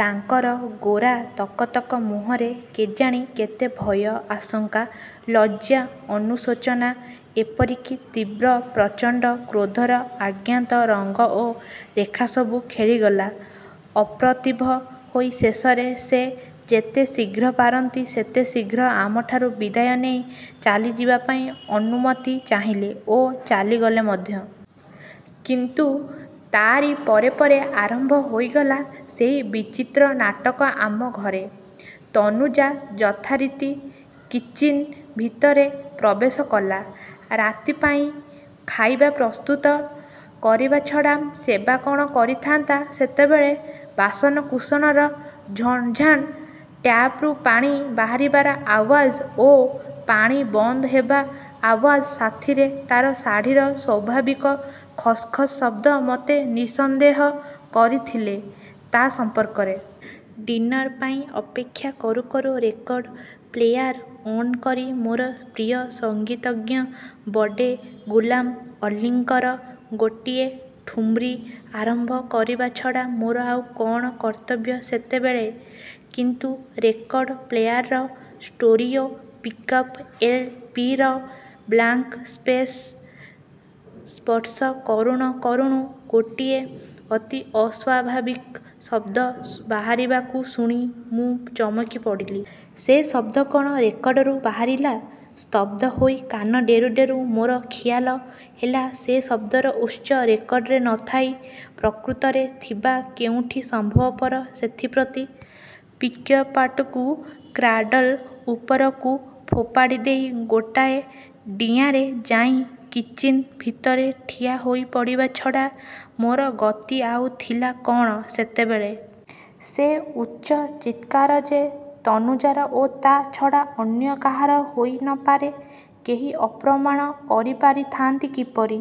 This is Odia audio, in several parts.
ତାଙ୍କର ଗୋରା ତକତକ ମୁହଁରେ କେଜାଣି କେତେ ଭୟ, ଆଶଙ୍କା, ଲଜ୍ଜ୍ୟା ଅନୁଶୋଚନା ଏପରି କି ତୀବ୍ର ପ୍ରଚଣ୍ଡ କ୍ରୋଧର ଆଜ୍ଞାତ ରଙ୍ଗ ଓ ରେଖାସବୁ ଖେଳିଗଲା। ଅପ୍ରତିଭ ହୋଇ ଶେଷରେ ସେ ଯେତେ ଶୀଘ୍ର ପାରନ୍ତି ସେତେ ଶୀଘ୍ର ଆମଠାରୁ ବିଦାୟ ନେଇ ଚାଲିଯିବାପାଇଁ ଅନୁମତି ଚାହିଁଲେ ଓ ଚାଲିଗଲେ ମଧ୍ୟ। କିନ୍ତୁ ତାରି ପରେ ପରେ ଆରମ୍ଭ ହୋଇଗଲା ସେଇ ବିଚିତ୍ର ନାଟକ ଆମ ଘରେ। ତନୁଜା ଯଥାରୀତି କିଚିନ୍ ଭିତରେ ପ୍ରବେଶ କଲା। ରାତି ପାଇଁ ଖାଇବା ପ୍ରସ୍ତୁତ କରିବା ଛଡ଼ା ସେବା କ'ଣ କରିଥାନ୍ତା ସେତେବେଳେ। ବାସନକୁସନର ଝଣଝାଣ୍, ଟ୍ୟାପ୍ରୁ ପାଣି ବାହାରିବାର ଆୱାଜ ଓ ପାଣି ବନ୍ଦ ହେବା ଆୱାଜ ସାଥୀରେ ତାର ଶାଢ଼ୀର ସ୍ଵାଭାବିକ ଖସ୍ ଖସ୍ ଶବ୍ଦ ମୋତେ ନିଃସନ୍ଦେହ କରିଥିଲେ ତା' ସମ୍ପର୍କରେ। ଡିନର ପାଇଁ ଅପେକ୍ଷା କରୁ କରୁ ରେକର୍ଡ଼ ପ୍ଲେୟାର ଅନ୍ କରି ମୋର ପ୍ରିୟ ସଙ୍ଗୀତଜ୍ଞ ବଡ଼େ ଗୁଲାମ ଅଲ୍ଲିଙ୍କର ଗୋଟିଏ ଠୁମ୍ରୀ ଆରମ୍ଭ କରିବା ଛଡ଼ା ମୋର ଆଉ କ'ଣ କର୍ତ୍ତବ୍ୟ ସେତେବେଳେ। କିନ୍ତୁ ରେକର୍ଡ଼ ପ୍ଲେୟାରର ଷ୍ଟୋରିଓ ପିକ୍ଅପ୍ ଏଲ୍. ପି. ର ବ୍ଳାଙ୍କ ଫେସ୍ ସ୍ପର୍ଶ କରୁ ନ କରୁଣୁ ଗୋଟିଏ ଅତି ଅସ୍ଵାଭିକ ଶବ୍ଦ ବାହାରିବାକୁ ଶୁଣି ମୁଁ ଚମକି ପଡ଼ିଲି। ସେ ଶବ୍ଦ କ'ଣ ରେକର୍ଡ଼ରୁ ବାହାରିଲା? ସ୍ତବ୍ଧ ହୋଇ କାନ ଡେରୁ ଡେରୁ ମୋର ଖିଆଲ ହେଲା-ସେ ଶବ୍ଦର ଉତ୍ସ ରେକର୍ଡ଼ରେ ନଥାଇ ପ୍ରକୃତରେ ଥିବା କେଉଁଠି ସମ୍ଭବପର, ସେଥିପ୍ରତି। ପିକ୍ଅପ୍ଟାକୁ କ୍ରାଡ଼ଲ ଉପରକୁ ଫୋପାଡ଼ି ଦେଇ ଗୋଟାଏ ଡିଆଁରେ ଯାଇ କିଚିନ୍ ଭିତରେ ଠିଆ ହୋଇପଡ଼ିବା ଛଡ଼ା ମୋର ଗତି ଆଉ ଥିଲା କ'ଣ ସେତେବେଳେ? ସେ ଉଚ୍ଚ ଚିତ୍କାର ଯେ ତନୁଜାର ଓ ତା' ଛଡ଼ା ଅନ୍ୟ କାହାର ହୋଇ ନପାରେ-କେହି ଅପ୍ରମାଣ କରିପାରିଥାନ୍ତି କିପରି?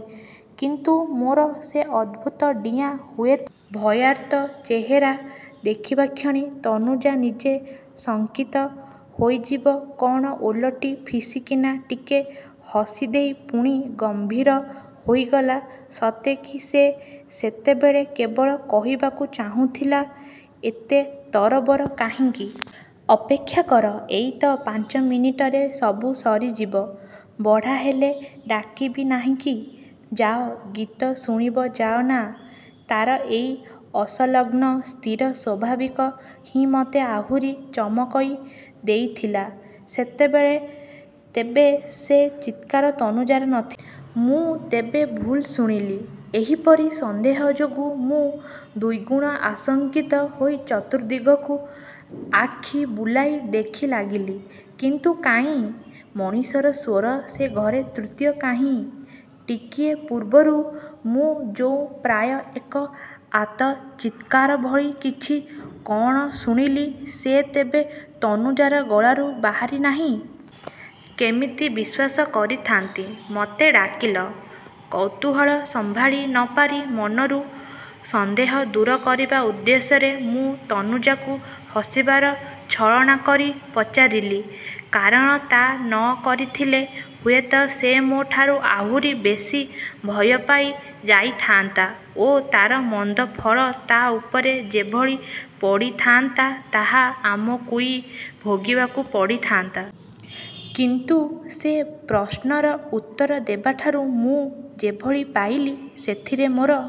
କିନ୍ତୁ ମୋର ସେ ଅଦ୍ଭୁତ ଡିଆଁ ହୁଏତ ଭୟାର୍ତ୍ତ ଚେହେରା ଦେଖିବାକ୍ଷଣି ତନୁଜା ନିଜେ ଶଙ୍କିତ ହୋଇଯିବ କଣ ଓଲଟି ଫିସିକିନା ଟିକେ ହସିଦେଇ ପୁଣି ଗମ୍ଭୀର ହୋଇଗଲା-ସତେକି ସେ ସେତେବେଳେ କେବଳ କହିବାକୁ ଚାହୁଁଥିଲା: ଏତେ ତରବର କାହିଁକି? ଅପେକ୍ଷା କର। ଏଇତ ପାଞ୍ଚ ମିନିଟରେ ସବୁ ସରିଯିବ। ବଢ଼ା ହେଲେ ଡାକିବି ନାହିଁ କି। ଯାଅ ଗୀତ ଶୁଣିବ ଯାଅ ନା। ତାର ଏଇ ଅସଲଗ୍ନ ସ୍ଥିର ସ୍ୱାଭାବିକ ହିଁ ମତେ ଆହୁରି ଚମକଇ ଦେଇଥିଲା ସେତେବେଳେ। ତେବେ ସେ ଚିତ୍କାର ତନୁଜାର ନଥିଲା। ମୁଁ ତେବେ ଭୁଲ ଶୁଣିଲି? ଏହିପରି ସନ୍ଦେହ ଯୋଗୁଁ ମୁଁ ଦ୍ଵିଗୁଣ ଆଶଙ୍କିତ ହୋଇ ଚତୁର୍ଦ୍ଦିଗକୁ ଆଖି ବୁଲାଇ ଦେଖି ଲାଗିଲି। କିନ୍ତୁ କାହିଁ-? ମଣିଷର ସ୍ୱର ସେ ଘରେ ତୃତୀୟ କାହିଁ? ଟିକିଏ ପୂର୍ବରୁ ମୁଁ ଯୋଉ ପ୍ରାୟ ଏକ ଆର୍ତ୍ତଚିତ୍କାର ଭଳି କିଛି କଅଣ ଶୁଣିଲି ସେ ତେବେ ତନୁଜାର ଗଳାରୁ ବାହାରି ନାହିଁ? -କେମିତି ବିଶ୍ୱାସ କରିଥାନ୍ତି। 'ମତେ ଡାକିଲ? ' କୌତୁହଳ ସମ୍ଭାଳି ନପାରି ମନରୁ ସନ୍ଦେହ ଦୂର କରିବା ଉଦ୍ଦେଶ୍ୟରେ ମୁଁ ତନୁଜାକୁ ହସିବାର ଛଳନା କରି ପଚାରିଲି, କାରଣ ତା ନ କରିଥିଲେ ହୁଏତ ସେ ମୋ ଠାରୁ ଆହୁରି ବେଶୀ ଭୟ ପାଇ ଯାଇଥାନ୍ତା ଓ ତାର ମନ୍ଦ ଫଳ ତା' ଉପରେ ଯେଭଳି ପଡ଼ିଥାନ୍ତା ତାହା ଆମକୁଇ ଭୋଗିବାକୁ ପଡ଼ିଥାନ୍ତା। କିନ୍ତୁ ସେ ପ୍ରଶ୍ନର ଉତ୍ତର ଦେବାଠାରୁ ମୁଁ ଯେଭଳି ପାଇଲି ସେଥିରେ ମୋର